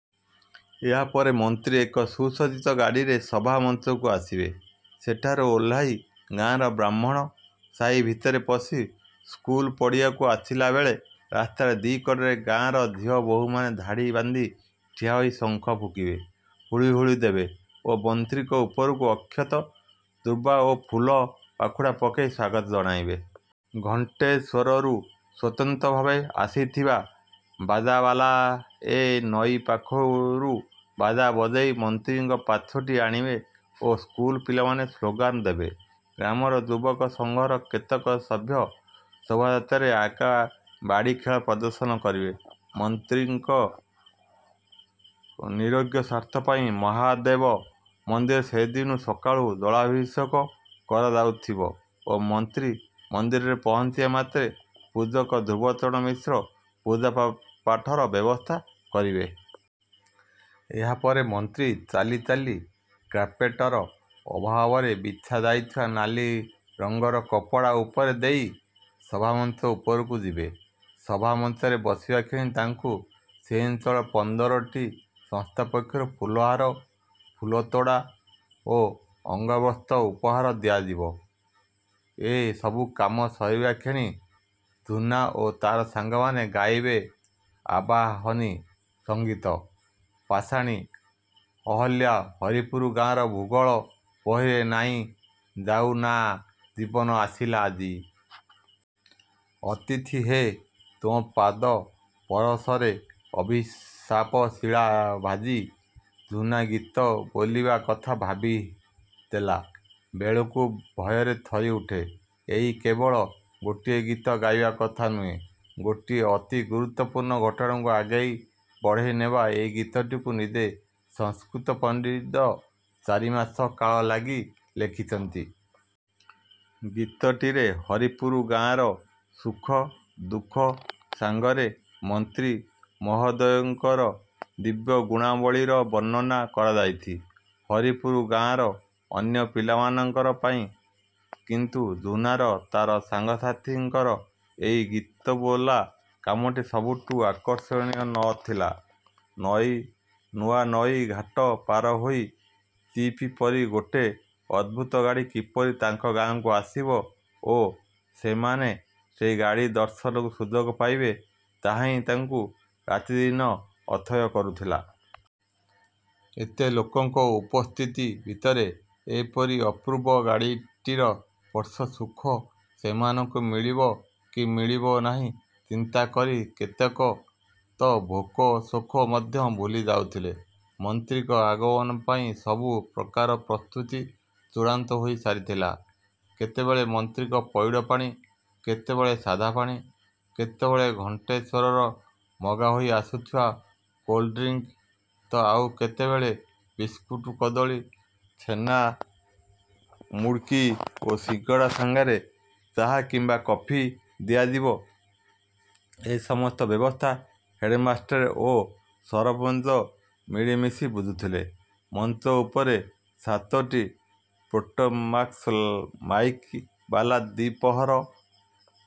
ଏହାପରେ ମନ୍ତ୍ରୀ ଏକ ସୁସଜ୍ଜିତ ଗାଡ଼ିରେ ସଭା ମଞ୍ଚକୁ ଆସିବେ। ସେଠାରୁ ଓହ୍ଲେଇ ଗାଁର ବ୍ରାହ୍ମଣ ସାହି ଭିତରେ ପଶି ସ୍କୁଲ ପଡ଼ିଆକୁ ଆସିଲାବେଳେ ରାସ୍ତାର ଦି କଡ଼ରେ ଗାଁର ଝିଅ ବୋହୂମାନେ ଧାଡ଼ି ବାନ୍ଧି ଠିଆହୋଇ ଶଙ୍ଖ ଫୁଙ୍କିବେ, ହୁଳହୁଳି ଦେବେ ଓ ମନ୍ତ୍ରୀଙ୍କ ଉପରକୁ ଅକ୍ଷତ, ଦୁର୍ବା ଓ ଫୁଲ ପାଖୁଡ଼ା ପକେଇ ସ୍ୱାଗତ ଜଣାଇବେ। ଘଣ୍ଟେଶ୍ୱରରୁ ସ୍ୱତନ୍ତ୍ର ଭାବେ ଆସିଥିବା ବାଜାବାଲାଏ ନଈ ପାଖରୁ ବାଜା ବଜେଇ ମନ୍ତ୍ରୀଙ୍କୁ ପାଛୋଟି ଆଣିବେ ଓ ସ୍କୁଲ ପିଲାମାନେ ସ୍ଲୋଗାନ ଦେବେ। ଗ୍ରାମର ଯୁବକସଂଘର କେତେକ ସଭ୍ୟ ଶୋଭାଯାତ୍ରା ଆଗେ ଆଗେ ବାଡ଼ି ଖେଳ ପ୍ରଦର୍ଶନ କରିବେ। ମନ୍ତ୍ରୀଙ୍କ ନିରୋଗ ସ୍ୱାସ୍ଥ୍ୟ ପାଇଁ ମହାଦେବ ମନ୍ଦିରରେ ସେଦିନ ସକାଳୁ ଜଳାଭିଷେକ କରାଯାଉଥିବ ଓ ମନ୍ତ୍ରୀ ମନ୍ଦିରରେ ପହଞ୍ଚିବା ମାତ୍ରେ ପୂଜକ ଧ୍ରୁବଚରଣ ମିଶ୍ର ପୂଜାପାଠର ବ୍ୟବସ୍ଥା କରିବେ। ଏହାପରେ ମନ୍ତ୍ରୀ ଚାଲି ଚାଲି କାର୍ପେଟର ଅଭାବରେ ବିଛା ଯାଇଥିବା ନାଲି ରଙ୍ଗର କପଡ଼ା ଉପର ଦେଇ ସଭାମଞ୍ଚ ଉପରକୁ ଯିବେ। ସଭା ମଞ୍ଚରେ ବସିବା କ୍ଷଣି ତାଙ୍କୁ ସେ ଅଞ୍ଚଳର ପନ୍ଦରଟି ସଂସ୍ଥା ପକ୍ଷରୁ ଫୁଲହାର, ଫୁଲତୋଡ଼ା ଓ ଅଙ୍ଗବସ୍ତ୍ର ଉପହାର ଦିଆଯିବ। ଏ ସବୁକାମ ସରିବା କ୍ଷଣି ଝୁନା ଓ ତାର ସାଙ୍ଗମାନେ ଗାଇବେ ଆବାହନୀ ସଂଗୀତ ପାଷାଣୀ ଅହଲ୍ୟା ହରିପୁର ଗାଁ, ଭୂଗୋଳ ବହିରେ ନାହିଁ ଯାଉ ନାଁ, ଜୀବନ ଆସିଲା ଆଜି। ଅତିଥି ହେ, ତୁମ ପାଦ ପରଶରେ ଅଭିଶାପ ଶିଳା ଭାଜି ଝୁନା ଗୀତ ବୋଲିବା କଥା ଭାବିଦେଲା ବେଳକୁ ଭୟରେ ଥରି ଉଠେ। ଏଇ କେବଳ ଗୋଟିଏ ଗୀତ ଗାଇବା କଥା ନୁହେଁ, ଗୋଟିଏ ଅତି ଗୁରୁତ୍ୱପୂର୍ଣ୍ଣ ଘଟଣାକୁ ଆଗେଇ ବଢ଼େଇ ନେବା ଏଇ ଗୀତଟିକୁ ନିଜେ ସଂସ୍କୃତ ପଣ୍ଡିତ ଚାରିମାସ କାଳ ଲାଗି ଲେଖିଛନ୍ତି। ଗୀତଟିରେ ହରିପୁର ଗାଁର ସୁଖ ଦୁଃଖ ସାଙ୍ଗରେ ମନ୍ତ୍ରୀ ମହୋଦୟଙ୍କର ଦିବ୍ୟ ଗୁଣାବଳୀର ବର୍ଣ୍ଣନା କରାଯାଇଛି। ହରିପୁର ଗାଁର ଅନ୍ୟ ପିଲାମାନଙ୍କ ପାଇଁ କିନ୍ତୁ ଝୁନା ଓ ତାର ସାଙ୍ଗମାନଙ୍କର ଏଇ ଗୀତବୋଲା କାମଟି ସବୁଠୁ ଆକର୍ଷଣୀୟ ନ ଥିଲା। ନୂଆନଈ ଘାଟ ପାର ହୋଇ ଜିପ୍ ପରି ଗୋଟେ ଅଦ୍ଭୁତ ଗାଡ଼ି କିପରି ତାଙ୍କ ଗାଁକୁ ଆସିବ ଓ ସେମାନେ ସେଇ ଗାଡ଼ି ଦର୍ଶନର ସୁଯୋଗ ପାଇବେ ତାହା ହିଁ ତାଙ୍କୁ ରାତିଦିନ ଅଥୟ କରୁଥିଲା। ଏତେ ଲୋକଙ୍କ ଉପସ୍ଥିତି ଭିତରେ ଏପରି ଅପୂର୍ବ ଗାଡ଼ିଟିର ସ୍ପର୍ଶ ସୁଖ ସେମାନଙ୍କୁ ମିଳିବ କି ମିଳିବ ନାହିଁ ଚିନ୍ତା କରି କେତେକ ତ ଭୋକଶୋକ ମଧ୍ୟ ଭୁଲି ଯାଉଥିଲେ। ମନ୍ତ୍ରୀଙ୍କ ଆଗମନ ପାଇଁ ସବୁ ପ୍ରକାର ପ୍ରସ୍ତୁତି ଚୂଡ଼ାନ୍ତ ହୋଇ ସାରିଥିଲା। କେତେବେଳେ ମନ୍ତ୍ରୀଙ୍କ ପଇଡ଼ ପାଣି, କେତେବେଳେ ସାଦା ପାଣି, କେତେବେଳେ ଘଣ୍ଟେଶ୍ୱରରୁ ମଗା ହୋଇ ଆସିଥିବା କୋଲ୍ଡ ଡ୍ରିଙ୍କ ତ ଆଉ କେତେବେଳେ ବିସ୍କୁଟ କଦଳୀ, ଛେନା-ମୁଡ୍କି ଓ ସିଙ୍ଗଡ଼ା ସାଙ୍ଗରେ ଚା କିମ୍ବା କଫି ଦିଆଯିବ, ଏ ସମସ୍ତ ବ୍ୟବସ୍ଥା ହେଡ୍‌ମାଷ୍ଟ୍ରେ ଓ ସରପଞ୍ଚ ମିଳିମିଶି ବୁଝୁଥିଲେ। ମଞ୍ଚ ଉପରେ ସାତଟି ପେଟ୍ରୋମାକ୍ସମାଇକ୍ ବାଲା ଦ୍ୱିପ୍ରହର।